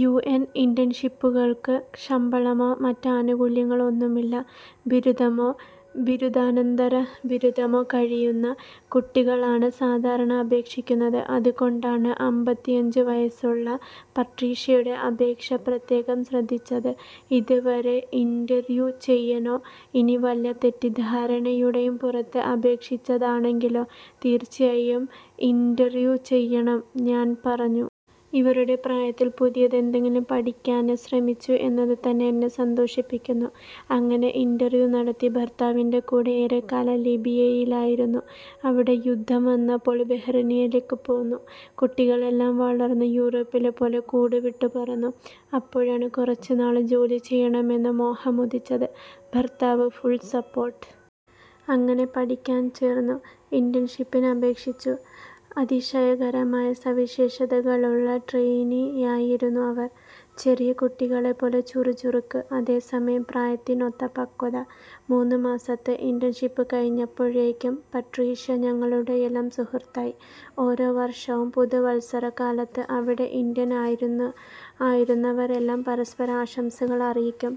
UN ഇന്റേണ്ഷിപ്പുകള്ക്ക് ശമ്പളമോ മറ്റ് ആനുകൂല്യങ്ങളോ ഒന്നുമില്ല. ബിരുദമോ ബിരുദാനന്തര ബിരുദമോ കഴിയുന്ന കുട്ടികളാണ് സാധാരണ അപേക്ഷിക്കുന്നത്. അതുകൊണ്ടാണ് അമ്പത്തിയഞ്ചു വയസ്സുള്ള പട്രീഷ്യയുടെ അപേക്ഷ പ്രത്യേകം ശ്രദ്ധിച്ചത്. 'ഇവരെ ഇന്റര്വ്യൂ ചെയ്യണോ. ഇനി വല്ല തെറ്റിദ്ധാരണയുടെയും പുറത്ത് അപേക്ഷിച്ചതാണെങ്കിലോ. ' 'തീര്ച്ചയായും ഇന്റര്വ്യൂ ചെയ്യണം'ഞാന് പറഞ്ഞു. ഇവരുടെ പ്രായത്തില് പുതിയത് എന്തെങ്കിലും പഠിക്കാന് ശ്രമിച്ചു എന്നതുതന്നെ എന്നെ സന്തോഷിപ്പിക്കുന്നു. അങ്ങനെ ഇന്റര്വ്യൂ നടത്തി. ഭര്ത്താവിന്റെ കൂടെ ഏറെക്കാലം ലിബിയയിലായിരുന്നു. അവിടെ യുദ്ധം വന്നപ്പോള് ബഹറിനിലേക്ക് പോന്നു. കുട്ടികളെല്ലാം വളര്ന്ന് യൂറോപ്പിലെ പോലെ കൂടുവിട്ട് പറന്നു. അപ്പോഴാണ് കുറച്ചുനാള് ജോലിചെയ്യണമെന്ന മോഹമുദിച്ചത്. ഭര്ത്താവ് ഫുള് സപ്പോര്ട്ട്. അങ്ങനെ പഠിക്കാന് ചേര്ന്നു, ഇന്റേണ്ഷിപ്പിന് അപേക്ഷിച്ചു. അതിശയകരമായ സവിശേഷതകളുള്ള ട്രെയിനിയായിരുന്നു അവര്. ചെറിയ കുട്ടികളെപ്പോലെ ചുറുചുറുക്ക്, അതേസമയം പ്രായത്തിനൊത്ത പക്വത. മൂന്നുമാസത്തെ ഇന്റേണ്ഷിപ്പ് കഴിഞ്ഞപ്പോഴേക്കും പട്രീഷ്യ ഞങ്ങളുടെയെല്ലാം സുഹൃത്തായി. ഓരോ വര്ഷവും പുതുവത്സരകാലത്ത് അവിടെ ഇന്റേണ് ആയിരുന്നവരെല്ലാം പരസ്പരം ആശംസകള് അറിയിക്കും.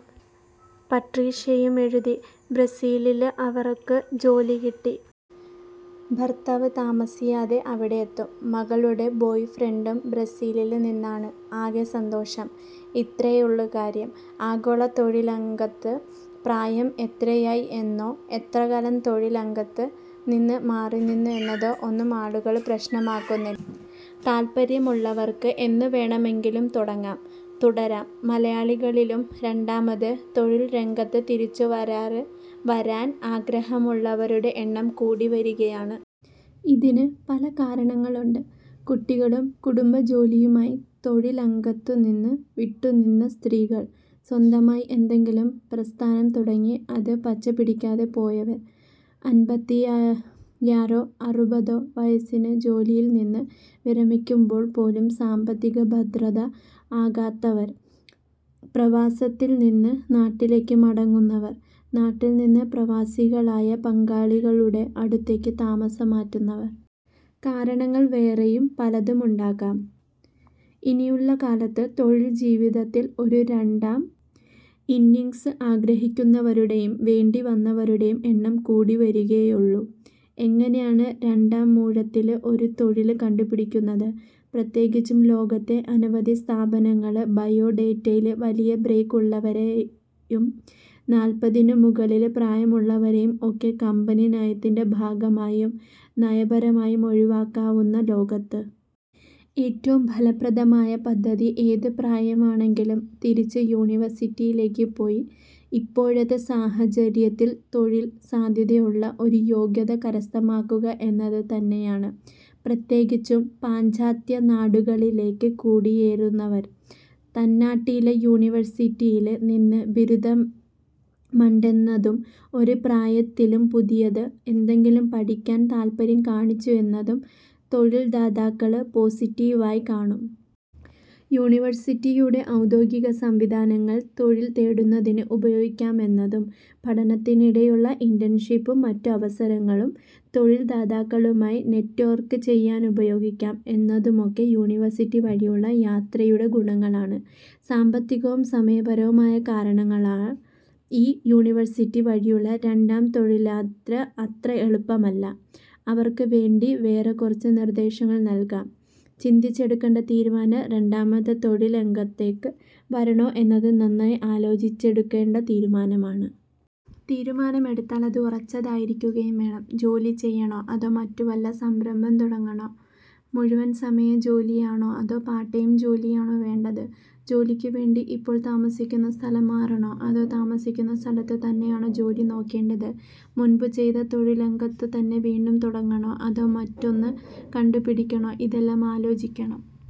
പട്രീഷ്യയും എഴുതി, ബ്രസീലില് അവര്ക്ക് ജോലി കിട്ടി. ഭര്ത്താവ് താമസിയാതെ അവിടെയെത്തും. മകളുടെ ബോയ്ഫ്രണ്ടും ബ്രസീലില് നിന്നാണ്, ആകെ സന്തോഷം. ഇത്രയേ ഉള്ളു കാര്യം. ആഗോള തൊഴില്രംഗത്ത് പ്രായം എത്രയായി എന്നോ എത്രകാലം തൊഴില്രംഗത്തു നിന്ന് മാറിനിന്നു എന്നതോ ഒന്നും ആളുകള് പ്രശ്നമാക്കുന്നില്ല. താല്പര്യമുള്ളവര്ക്ക് എന്നുവേണമെങ്കിലും തുടങ്ങാം, തുടരാം. മലയാളികളിലും രണ്ടാമത് തൊഴില് രംഗത്തേക്ക് തിരിച്ചുവരാന് ആഗ്രഹമുള്ളവരുടെ എണ്ണം കൂടിവരികയാണ്. ഇതിന് പല കാരണങ്ങളുണ്ട്.. കുട്ടികളും കുടുംബജോലിയുമായി തൊഴില്രംഗത്തുനിന്ന് വിട്ടുനിന്ന സ്ത്രീകള്.. സ്വന്തമായി എന്തെങ്കിലും പ്രസ്ഥാനം തുടങ്ങി അത് പച്ചപിടിക്കാതെ പോയവര്.. അന്പത്തിയാറോ അറുപതോ വയസ്സില് ജോലിയില് നിന്ന് വിരമിക്കുമ്പോള് പോലും സാമ്പത്തികഭദ്രത ആകാത്തവര്.. പ്രവാസത്തില് നിന്ന് നാട്ടിലേക്ക് മടങ്ങുന്നവര്.. നാട്ടില് നിന്ന് പ്രവാസികളായ പങ്കാളികളുടെ അടുത്തേക്ക് താമസം മാറ്റുന്നവര്. കാരണങ്ങള് വേറെയും പലതുമുണ്ടാകാം. ഇനിയുള്ള കാലത്ത് തൊഴില്ജീവിതത്തില് ഒരു രണ്ടാം ഇന്നിംഗ്സ് ആഗ്രഹിക്കുന്നവരുടെയും വേണ്ടിവരുന്നവരുടെയും എണ്ണം കൂടിവരികയേയുള്ളു. എങ്ങനെയാണ് രണ്ടാമൂഴത്തില് ഒരു തൊഴില് കണ്ടുപിടിക്കുന്നത്. പ്രത്യേകിച്ചും ലോകത്തെ അനവധി സ്ഥാപനങ്ങള് ബയോഡേറ്റയില് വലിയ ബ്രേക്ക് ഉള്ളവരെയും, നാല്പതിനു മുകളില് പ്രായമുള്ളവരെയും ഒക്കെ കമ്പനിനയത്തിന്റെ ഭാഗമായും നയപരമായും ഒഴിവാക്കാവുന്ന ലോകത്ത്. ഏറ്റവും ഫലപ്രദമായ പദ്ധതി ഏതു പ്രായമാണെങ്കിലും തിരിച്ച് യൂണിവേഴ്സിറ്റിയിലേക്ക് പോയി ഇപ്പോഴത്തെ സാഹചര്യത്തില് തൊഴില് സാധ്യതയുള്ള ഒരു യോഗ്യത കരസ്ഥമാക്കുക എന്നത് തന്നെയാണ്. പ്രത്യേകിച്ചും പാശ്ചാത്യനാടുകളിലേക്ക് കുടിയേറുന്നവര്. തന്നാട്ടിലെ യൂണിവേഴ്സിറ്റിയില് നിന്ന് ബിരുദമെണ്ടെന്നതും ഈ പ്രായത്തിലും പുതിയത് എന്തെങ്കിലും പഠിക്കാന് താല്പര്യം കാണിച്ചു എന്നതും തൊഴില്ദാതാക്കള് പോസിറ്റിവായി കാണും. യൂണിവേഴ്സിറ്റിയുടെ ഔദ്യോഗിക സംവിധാനങ്ങള് തൊഴില് തേടുന്നതിന് ഉപയോഗിക്കാമെന്നതും, പഠനത്തിനിടക്കുള്ള ഇന്റേണ്ഷിപ്പും മറ്റവസരങ്ങളും തൊഴില്ദാതാക്കളുമായി നെറ്റ്വര്ക്ക് ചെയ്യാനുപയോഗിക്കാം എന്നതുമൊക്കെ യൂണിവേഴ്സിറ്റി വഴിയുള്ള യാത്രയുടെ ഗുണങ്ങളാണ്. സാമ്പത്തികവും സമയപരവുമായ കാരണങ്ങളാല് ഈ യൂണിവേഴ്സിറ്റി വഴിയുള്ള രണ്ടാം തൊഴില്യാത്ര അത്ര എളുപ്പമല്ല. അവര്ക്ക് വേണ്ടി വേറെ കുറച്ച് നിര്ദ്ദേശങ്ങള് നല്കാം. ചിന്തിച്ച് എടുക്കേണ്ട തീരുമാനം രണ്ടാമത് തൊഴില്രംഗത്തേക്ക് വരണോ എന്നത് നന്നായി ആലോചിച്ചെടുക്കേണ്ട തീരുമാനമാണ്. തീരുമാനമെടുത്താല് അത് ഉറച്ചതായിരിക്കുകയും വേണം. ജോലി ചെയ്യണോ, അതോ മറ്റു വല്ല സംരംഭവും തുടങ്ങണോ, മുഴുവന് സമയ ജോലിയാണോ അതോ പാര്ട്ട് ടൈം ജോലിയാണോ വേണ്ടത്, ജോലിക്കു വേണ്ടി ഇപ്പോള് താമസിക്കുന്ന സ്ഥലം മാറണോ അതോ താമസിക്കുന്ന സ്ഥലത്തു തന്നെയാണോ ജോലി നോക്കേണ്ടത്, മുന്പ് ചെയ്ത തൊഴില്രംഗത്തു തന്നെ വീണ്ടും തുടങ്ങണോ, അതോ മറ്റൊന്ന് കണ്ടുപിടിക്കണോ ഇതെല്ലാം ആലോചിക്കണം.